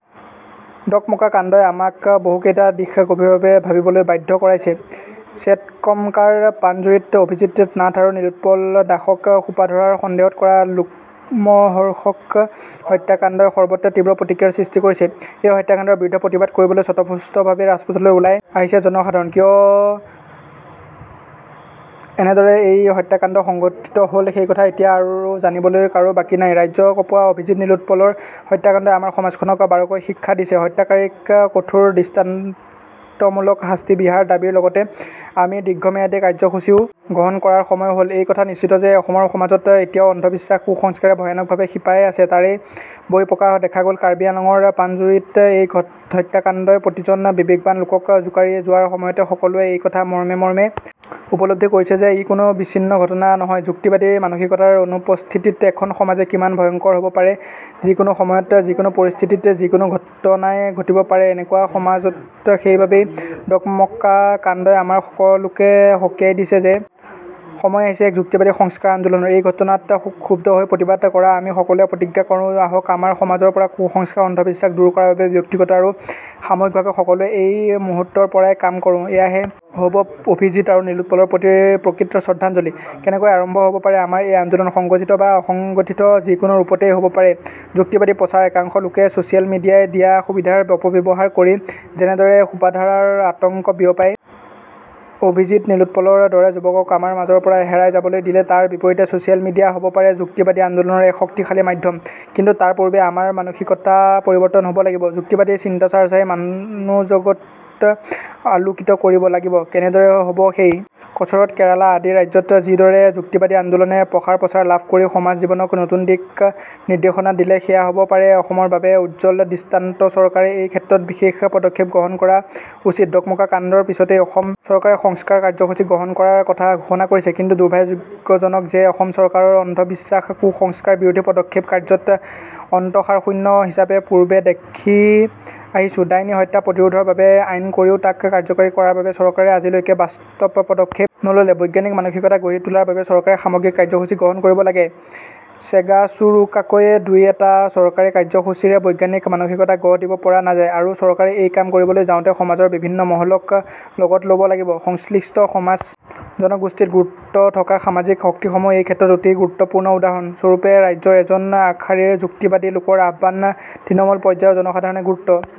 ডকমকা কাণ্ডই আমাক বহু কেইটা দিশ গভীৰভাৱে ভাবিবলৈ বাধ্য কৰাইছেডকমকাৰ পাণজুৰিত অভিজিত্ নাথ আৰু নীলোৎপল দাসক সোপাধৰাৰ সন্দেহত কৰা লোমহৰ্ষক হত্যাকাণ্ডই সৰ্বত্ৰে তীব্ৰ প্ৰতিক্ৰিয়াৰ সৃষ্টি কৰিছেএই হত্যাকাণ্ডৰ বিৰুদ্ধে প্ৰতিবাদ কৰিবলৈ স্বতঃস্ফূৰ্তভাৱে ৰাজপথলৈ ওলাই আহিছে জনসাধাৰণকিয় কেনেদৰে এই হত্যা কাণ্ড সংঘটিত হল সেই কথা এতিয়া আৰু জানিবলৈ কাৰো বাকী নাইৰাজ্য কঁপোৱা অভিজিতনীলোৎপলৰ হত্যাকাণ্ডই আমাৰ সমাজখনক বাৰুকৈয়ে শিক্ষা দিছেহত্যাকাৰীক কঠোৰ দৃষ্টান্তমূলক শাস্তি বিহাৰ দাবীৰ লগতে আমি দীৰ্ঘম্যাদী কাৰ্য্যসূচীও গ্ৰহণ কৰাৰ সময় হলএই কথা নিশ্চিত যে অসমৰ সমাজত এতিয়াও অন্ধবিশ্বাস কুসংস্কাৰে ভয়ানকভাৱে শিপাই আছেতাৰেই বহিঃপ্ৰকাশ দেখা গল কাৰ্বি আংলঙৰ পাণজুৰিতএই হত্যাকাণ্ডই প্ৰতিজন বিবেকৱান লোকক জোকাৰি যোৱাৰ সময়তে সকলোৱে এই কথা মৰ্মে মৰ্মে উপলব্ধি কৰিছে যে ই কোনো বিচ্ছিন্ন ঘটনা নহয়যুক্তিবাদী মানসিকতাৰ অনুপস্থিতিত এখন সমাজ কিমান ভয়ংকৰ হব পাৰে যিকোনো সময়ত যিকোনো পৰিস্থিতিত যিকোনো ঘটনাই ঘটিব পাৰে এনেকুৱা সমাজতসেইবাবেই ডকমকা কাণ্ডই আমাৰ সকলোকে সকীয়াই দিছে যে সময় আহিছে এক যুক্তিবাদী সংস্কাৰ আন্দোলনৰএই ঘটনাত ক্ষুব্ধ হৈ প্ৰতিবাদ কৰা আমি সকলোৱে প্ৰতিজ্ঞা কৰোঁ আহক আমাৰ সমাজৰ পৰা কুসংস্কাৰ অন্ধবিশ্বাস দূৰ কৰাৰ বাবে ব্যক্তিগত আৰু সামূহিকভাৱে সকলোৱে এই মুহূৰ্তৰ পৰাই কাম কৰোএয়াহে হব অভিজিত্ আৰু নীলোৎপলৰ প্ৰতি প্ৰকৃত শ্ৰদ্ধাঞ্জলিকেনেকৈ আৰম্ভ হব পাৰে আমাৰ এই আন্দোলন সংগঠিত বা অসংগঠিত যিকোনো ৰূপতেই হব পাৰে যুক্তিবাদী প্ৰচাৰএকাংশ লোকে ছচিয়েল মিডিয়াই দিয়া সুবিধাৰ অপব্যৱহাৰ কৰি যেনেদৰে সোপাধৰাৰ আতংক বিয়পাই অভিজিত্নীলোৎপলৰ দৰে যুৱকক আমাৰ মাজৰ পৰা হেৰাই যাবলৈ দিলে তাৰ বিপৰীতে ছচিয়েল মিডিয়া হব পাৰে যুক্তিবাদী আন্দোলনৰ এক শক্তিশালী মাধ্যমকিন্তু তাৰপূৰ্বে আমাৰ মানসিকতাৰ পৰিৱৰ্তন হব লাগিবযুক্তিবাদী চিন্তাচৰ্চাই মনোজগত আলোকিত কৰিব লাগিবকেনেদৰে হব সেই কচৰৎ কেৰালা আদি ৰাজ্যত যিদৰে যুক্তিবাদী আন্দোলনে প্ৰসাৰপ্ৰচাৰ লাভ কৰি সমাজ জীৱনক নতুন দিক নিৰ্দেশনা দিলে সেয়া হব পাৰে অসমৰ বাবে উজ্জ্বল দৃষ্টান্তচৰকাৰে এই ক্ষেত্ৰত বিশেষ পদক্ষেপ গ্ৰহণ কৰা উচিতডকমকা কাণ্ডৰ পিছতেই অসম চৰকাৰে সংস্কাৰ কাৰ্যসূচী গ্ৰহণ কৰাৰ কথা ঘোষণা কৰিছেকিন্তু দুৰ্ভাগ্যজনক যে অসম চৰকাৰৰ অন্ধবিশ্বাসকুসংস্কাৰবিৰোধী পদক্ষেপ কাৰ্যতঃ অন্তসাৰশূন্য হিচাপে পূৰ্বে দেখি আহিছোডাইনী হত্যা প্ৰতিৰোধৰ বাবে আইন কৰিও তাক কাৰ্যকৰী কৰাৰ বাবে চৰকাৰে আজিলৈকে বাস্তৱ পদক্ষেপ নললেবৈজ্ঞানিক মানসিকতা গঢ়ি তোলাৰ বাবে চৰকাৰে সামগ্ৰিক কাৰ্যসূচী গ্ৰহণ কৰিব লাগেছেগাচোৰোকাকৈ দুই এটা চৰকাৰী কাৰ্যসূচীৰে বৈজ্ঞানিক মানসিকতা গঢ় দিব পৰা নাযায়আৰু চৰকাৰে এই কাম কৰিবলৈ যাওঁতে সমাজৰ বিভিন্ন মহলক লগত লব লাগিবসংশ্লিষ্ট সমাজ জনগোষ্ঠীত গুৰুত্ব থকা সামাজিক শক্তিসমূহ এই ক্ষেত্ৰত অতি গুৰুত্বপূৰ্ণউদাহৰণ স্বৰূপে ৰাজ্যৰ এজন আগশাৰীৰ যুক্তিবাদী লোকৰ আহ্বান তৃণমূল পৰ্যায়ৰ জনসাধাৰণে গুৰুত্ব